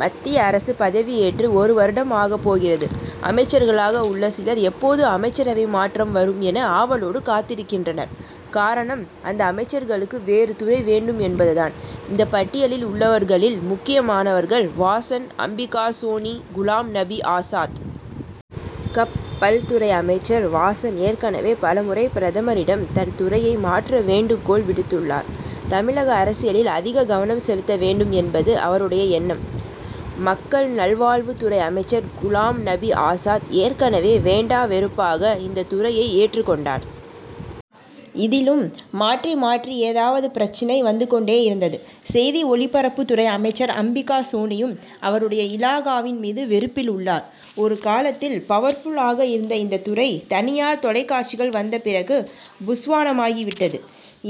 மத்திய அரசு பதவியேற்று ஒரு வருடம் ஆகப் போகிறது. அமைச்சர்களாக உள்ள சிலர், எப்போது அமைச்சரவை மாற்றம் வரும் என, ஆவலோடு காத்திருக்கின்றனர். காரணம், அந்த அமைச்சர்களுக்கு வேறு துறை வேண்டும் என்பது தான். இந்த பட்டியலில் உள்ளவர்களில் முக்கியமானவர்கள் வாசன், அம்பிகா சோனி, குலாம் நபி ஆசாத். கப் பல் துறை அமைச்சர் வாசன், ஏற்கனவே பலமுறை பிரதமரிடம் தன் துறையை மாற்ற வேண்டுகோள் விடுத்துள்ளார். தமிழக அரசியலில் அதிக கவனம் செலுத்த வேண்டும் என்பது அவருடைய எண்ணம். மக்கள் நல்வாழ்வுத் துறை அமைச்சர் குலாம் நபி ஆசாத், ஏற்கனவே வேண்டா வெறுப்பாக இந்த துறையை ஏற்றுக் கொண்டார். இதிலும் மாற்றி மாற்றி ஏதாவது பிரச்னை வந்து கொண்டேயிருந்தது. செய்தி ஒளிபரப்புத் துறை அமைச்சர் அம்பிகா சோனியும், அவருடைய இலாகாவின் மீது வெறுப்பில் உள்ளார். ஒரு காலத்தில் பவர்புல் ஆக இருந்த இந்த துறை, தனியார் தொலைக்காட்சிகள் வந்த பிறகு புஸ்வாணமாகி விட்டது.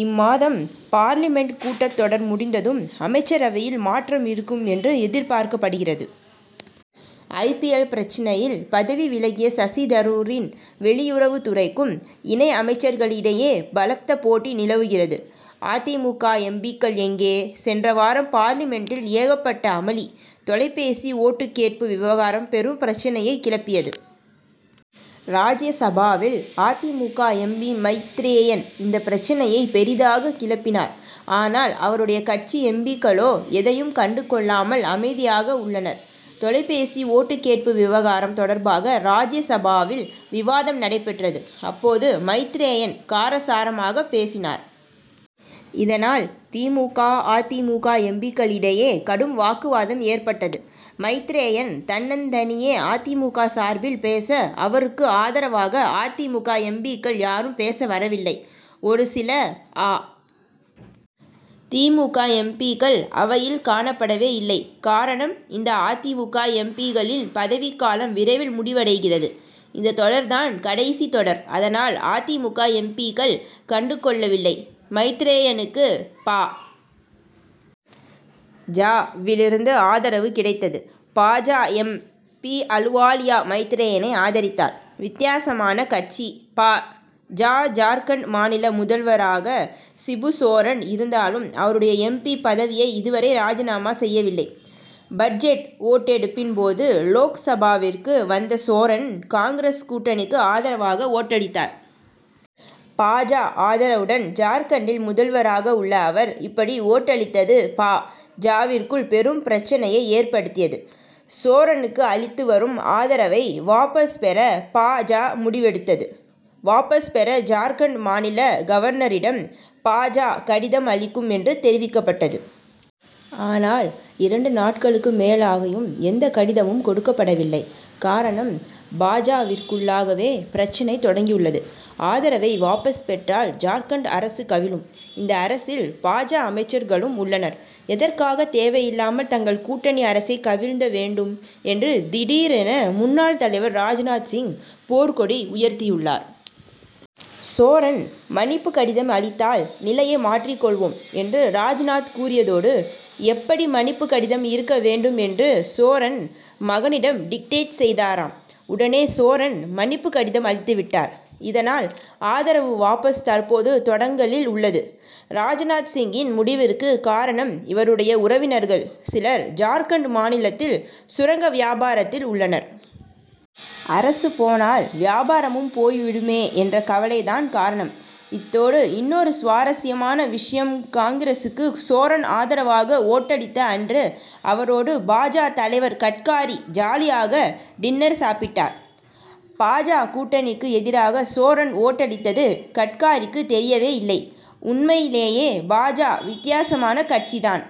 இம்மாதம் பார்லிமென்ட் கூட்டத் தொடர் முடிந்ததும், அமைச்சரவையில் மாற்றம் இருக்கும் என்று எதிர்பார்க்கப்படுகிறது. ஐ. பி. எல்., பிரச்னையில் பதவி விலகிய சசி தரூரின் வெளியுறவுத் துறைக்கும், இணை அமைச்சர்களிடையே பலத்த போட்டி நிலவுகிறது. அ. தி. மு. க., எம். பி.,க்கள் எங்கே? சென்ற வாரம் பார்லிமென்ட்டில் ஏகப்பட்ட அமளி. தொலைபேசி ஒட்டுக் கேட்பு விவகாரம் பெரும் பிரச்னையைக் கிளப்பியது. ராஜ்யசபாவில் அ. தி. மு. க., எம். பி., மைத்ரேயன் இந்த பிரச்னையை பெரிதாக கிளப்பினார். ஆனால், அவருடைய கட்சி எம். பி.,க்களோ, எதையும் கண்டு கொள்ளாமல் அமைதியாக உள்ளனர். தொலைபேசி ஒட்டு கேட்பு விவகாரம் தொடர்பாக ராஜ்ய சபாவில் விவாதம் நடைபெற்றது. அப்போது மைத்ரேயன் காரசாரமாகப் பேசினார். இதனால் தி. மு. க., அ. தி. மு. க., எம். பி.,க்களிடையே கடும் வாக்குவாதம் ஏற்பட்டது. மைத்ரேயன் தன்னந்தனியே அ. தி. மு. க., சார்பில் பேச, அவருக்கு ஆதரவாக அ. தி. மு. க., எம். பி.,க்கள் யாரும் பேச வரவில்லை. ஒரு சில அ. தி. மு. க., எம். பி.,க்கள் அவையில் காணப்படவே இல்லை. காரணம், இந்த அ. தி. மு. க., எம். பி.,க்களின் பதவிக்காலம் விரைவில் முடிவடைகிறது. இந்த தொடர் தான் கடைசி தொடர். அதனால், அ. தி. மு. க., எம். பி.,க்கள் கண்டுகொள்ளவில்லை. மைத்ரேயனுக்கு பா. ஜ.,விலிருந்து ஆதரவு கிடைத்தது. பா. ஜ., எம். பி., அலுவாலியா, மைத்ரேயனை ஆதரித்தார். வித்தியாசமான கட்சி பா. ஜ., ஜார்க்கண்ட் மாநில முதல்வராக சிபுசோரன் இருந்தாலும், அவருடைய எம். பி., பதவியை இதுவரை ராஜினாமா செய்யவில்லை. பட்ஜெட் ஓட்டெடுப்பின் போது லோக்சபாவிற்கு வந்த சோரன், காங்கிரஸ் கூட்டணிக்கு ஆதரவாக ஓட்டளித்தார். பா. ஜ., ஆதரவுடன் ஜார்க்கண்டில் முதல்வராக உள்ள அவர், இப்படி ஓட்டளித்தது பா. ஜ.,விற்குள் பெரும் பிரச்னையை ஏற்படுத்தியது. சோரனுக்கு அளித்து வரும் ஆதரவை வாபஸ் பெற பா. ஜ., முடிவெடுத்தது. வாபஸ் பெற ஜார்க்கண்ட் மாநில கவர்னரிடம் பா. ஜ., கடிதம் அளிக்கும் என்று தெரிவிக்கப்பட்டது. ஆனால், இரண்டு நாட்களுக்கு மேலாகியும் எந்த கடிதமும் கொடுக்கப்படவில்லை. காரணம் பா. ஜ.,விற்குள்ளாகவே பிரச்னை தொடங்கியுள்ளது. ஆதரவை வாபஸ் பெற்றால் ஜார்க்கண்ட் அரசு கவிழும். இந்த அரசில் பா. ஜ., அமைச்சர்களும் உள்ளனர். எதற்காக தேவையில்லாமல் தங்கள் கூட்டணி அரசை கவிழ்க்க வேண்டும் என்று திடீரென முன்னாள் தலைவர் ராஜ்நாத் சிங் போர்க்கொடி உயர்த்தியுள்ளார். 'சோரன் மன்னிப்பு கடிதம் அளித்தால், நிலையை மாற்றிக் கொள்வோம்' என்று ராஜ்நாத் கூறியதோடு, எப்படி மன்னிப்பு கடிதம் இருக்க வேண்டும் என்று சோரன் மகனிடம் டிக்டேட் செய்தாராம். உடனே சோரன், மன்னிப்பு கடிதம் அளித்து விட்டார். இதனால் ஆதரவு வாபஸ் தற்போது தொங்கலில் உள்ளது. ராஜ்நாத் சிங்கின் முடிவிற்கு காரணம், இவருடைய உறவினர்கள் சிலர், ஜார்க்கண்ட் மாநிலத்தில் சுரங்க வியாபாரத்தில் உள்ளனர். அரசு போனால் வியாபாரமும் போய்விடுமே என்ற கவலை தான் காரணம். இத்தோடு இன்னொரு சுவாரசியமான விஷயம்காங்கிரசுக்கு சோரன் ஆதரவாக ஓட்டளித்த அன்று, அவரோடு பா. ஜ., தலைவர் கட்காரி, ஜாலியாக டின்னர் சாப்பிட்டார். பா. ஜ., கூட்டணிக்கு எதிராக சோரன் ஓட்டளித்தது கட்காரிக்கு தெரியவே இல்லை. உண்மையிலேயே பா. ஜ., வித்தியாசமான கட்சி தான்.